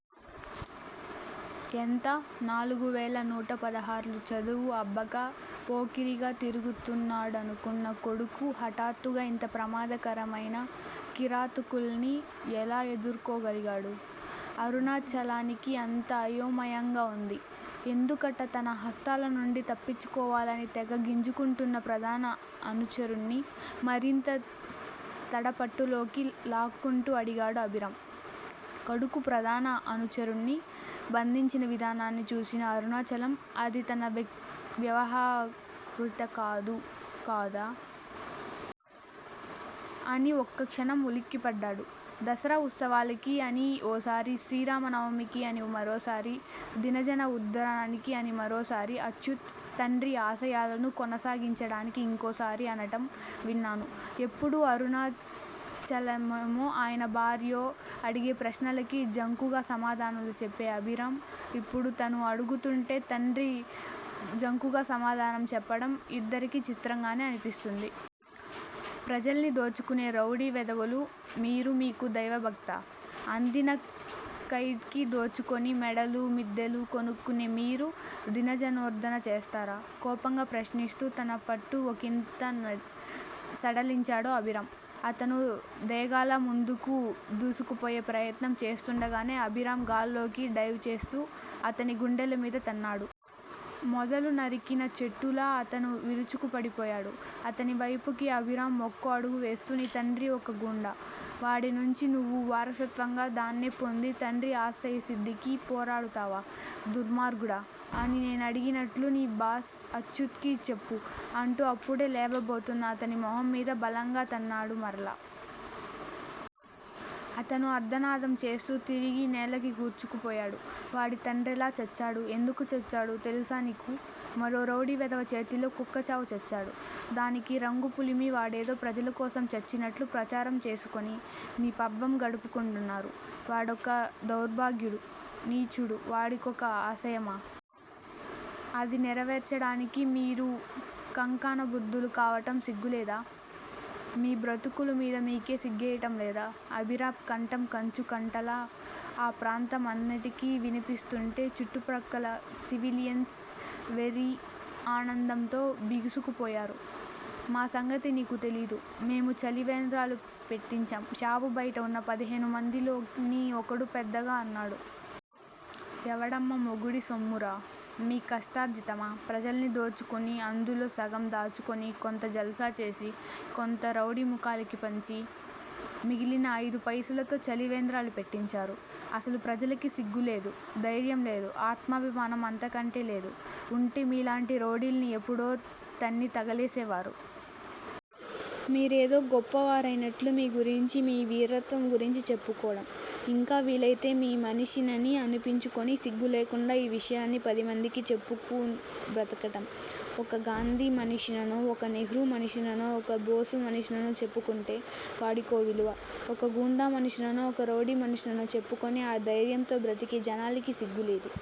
ఎంత? నాలుగువేల నూటపదహార్లు చదువు అబ్బక పోకిరిగా తిరుగుతున్నాడనుకున్న కొడుకు హఠాత్తుగా ఇంత ప్రమాదకరమైన కిరాతకుల్ని ఎలా ఎదుర్కోగలిగాడు? అరుణాచలానికి అంతా అయోమయంగా వుంది. ఎందుకట తన హస్తాలనుండి తప్పించుకోవాలని తెగ గింజుకుంటున్న ప్రధాన అనుచరుడ్ని మరింత తన పట్టులోకి లాక్కుంటూ అడిగాడు అభిరామ్. కొడుకు ప్రధాన అనుచరుడ్ని బంధించిణ విధానాన్ని చూసిన అరుణాచలం అది తన వ్యవహృత కాదు కదా? అని ఒక్కక్షణం ఉలిక్కిపడ్డాడు. దసరా ఉత్సవాలకి అని ఓసారి, శ్రీరామనవమికి అని మరోసారి, దీనజన ఉద్దరణకి అని మరోసారి, అచ్యుత్ తండ్రి ఆశయాలను కొనసాగించడానికి ఇంకోసారి అనటం విన్నాను ఎప్పుడూ అరుణాచలమో, ఆయన భార్యో అడిగే ప్రశ్నలకి జంకుగా సమాధానాలు చెప్పే అభిరామ్ యిప్పుడు తను అడుగుతుంటే తండ్రి జంకుగా సమాధానం చెప్పడం యిద్దరికీ చిత్రంగానే అనిపిస్తోంది. ప్రజల్ని దోచుకునే రౌడీ వెధవలు మీరు మీకు దైవభక్తా? అందిన కైడ్కి దోచుకుని మేడలు, మిద్దెలు, కొనుక్కునే మీరు దీనజనోద్దరణ చేస్తారా? కోపంగా ప్రశ్నిస్తూ తన పట్టు ఒకింత సడలించాడు అభిరామ్. అతను దేగాలా ముందుకు దూసుకుపోయే ప్రయత్నం చేస్తుండగానే అభిరామ్ గాల్లోకి డైవ్ చేస్తూ అతని గుండెల మీద తన్నాడు. మొదలు నరికిన చెట్టులా అతను విరుచుకు పడిపోయాడు. అతని వైపుకి అభిరామ్ ఒక్కో అడుగువేస్తూ- నీ తండ్రి ఒక గూండా! వాడి నుంఛి నువ్వు వారసత్వంగా దాన్నే పొంది తండ్రి ఆశయసిద్దికి పోరాడతావా దుర్మార్గుడా అని నేనడిగినట్లు నీ బాస్ అచ్యుత్ కి చెప్పు అంటూ అప్పుడే లేవబోతున్న అతని మొహం మీద బలంగా తన్నాడు మరలా. అతను ఆర్తనాదం చేస్తూ తిరిగి నేలకి కరుచుకుపోయాడు. వాడి తండ్రెలా చచ్చాడు? యెందుకు చచ్చాడు? తెలుసా నీకు? మరో రౌడీ వెధవ చేతిలో కుక్కచావు చచ్చాడు. దానికి రంగు పులిమి వాడేదో ప్రజల కోసం చచ్చినట్లు ప్రచారం చేసుకుని మీ పబ్బం గడుపుకుంటున్నారు. వాడొక దౌర్భాగ్యుడు, నీచుడు వాడికొక ఆశయమా? అది నెరవేర్చడానికి మీరు కంకణబద్దులు కావటం సిగ్గులేదూ? మీ బ్రతుకుల మీద మీకే సిగ్గేయటం లేదూ? అభిరామ్ కంఠం కంచు కంఠంలా ఆ ప్రాంతమంతటికీ వినిపిస్తుంటే చుట్టుప్రక్కల సివిలియన్స్ వెర్రి ఆనందంతో బిగుసుకుపోయారు. మా సంగతి నీకు తెలీదు మేము చలివేంద్రాలు పెట్టించాం షాపు బయట వున్న పదిహేనుమందిలోని ఒకడు పెద్దగా అన్నాడు. ఎవడమ్మ మొగుడి సొమ్మురా? మీ కష్టార్జితమా? ప్రజల్ని దోచుకుని, అందులో సగం దాచుకొని, కొంత జల్సాచేసి, కొంత రౌడీమూకలకి పంచి, మిగిలిన ఐదు పైసలతో చలివేంద్రాలు పెట్టించారు? అసలు ప్రజలకి సిగ్గులేదు, ధైర్యం లేదు ఆత్మాభిమానం అంతకంటే లేదు వుంటే మీలాంటి రౌడీల్ని యెప్పుడో తన్ని తగలేసేవారు. మీరేదో గొప్పవారయినట్లు మీ గురించి, మీ వీరత్వం గురించి చెప్పుకోవడం, ఇంకా వీలయితే మీ మనిషినని అనిపించుకొని సిగ్గు లేకుండా ఆ విషయాన్ని పదిమందికీ చెప్పుకు బ్రతకటం, ఒక గాంధీ మనిషిననో, ఒక నెహ్రూ మనిషిననో, ఒక బోసు మనిషిననో చెప్పుకుంటే వాడికో విలువ! ఒక గూండా మనిషిననో, ఒక రౌడీ మనిషిననో చెప్పుకుని, ఆ ధైర్యంతో బ్రతికే జనాలకి సిగ్గులేదు.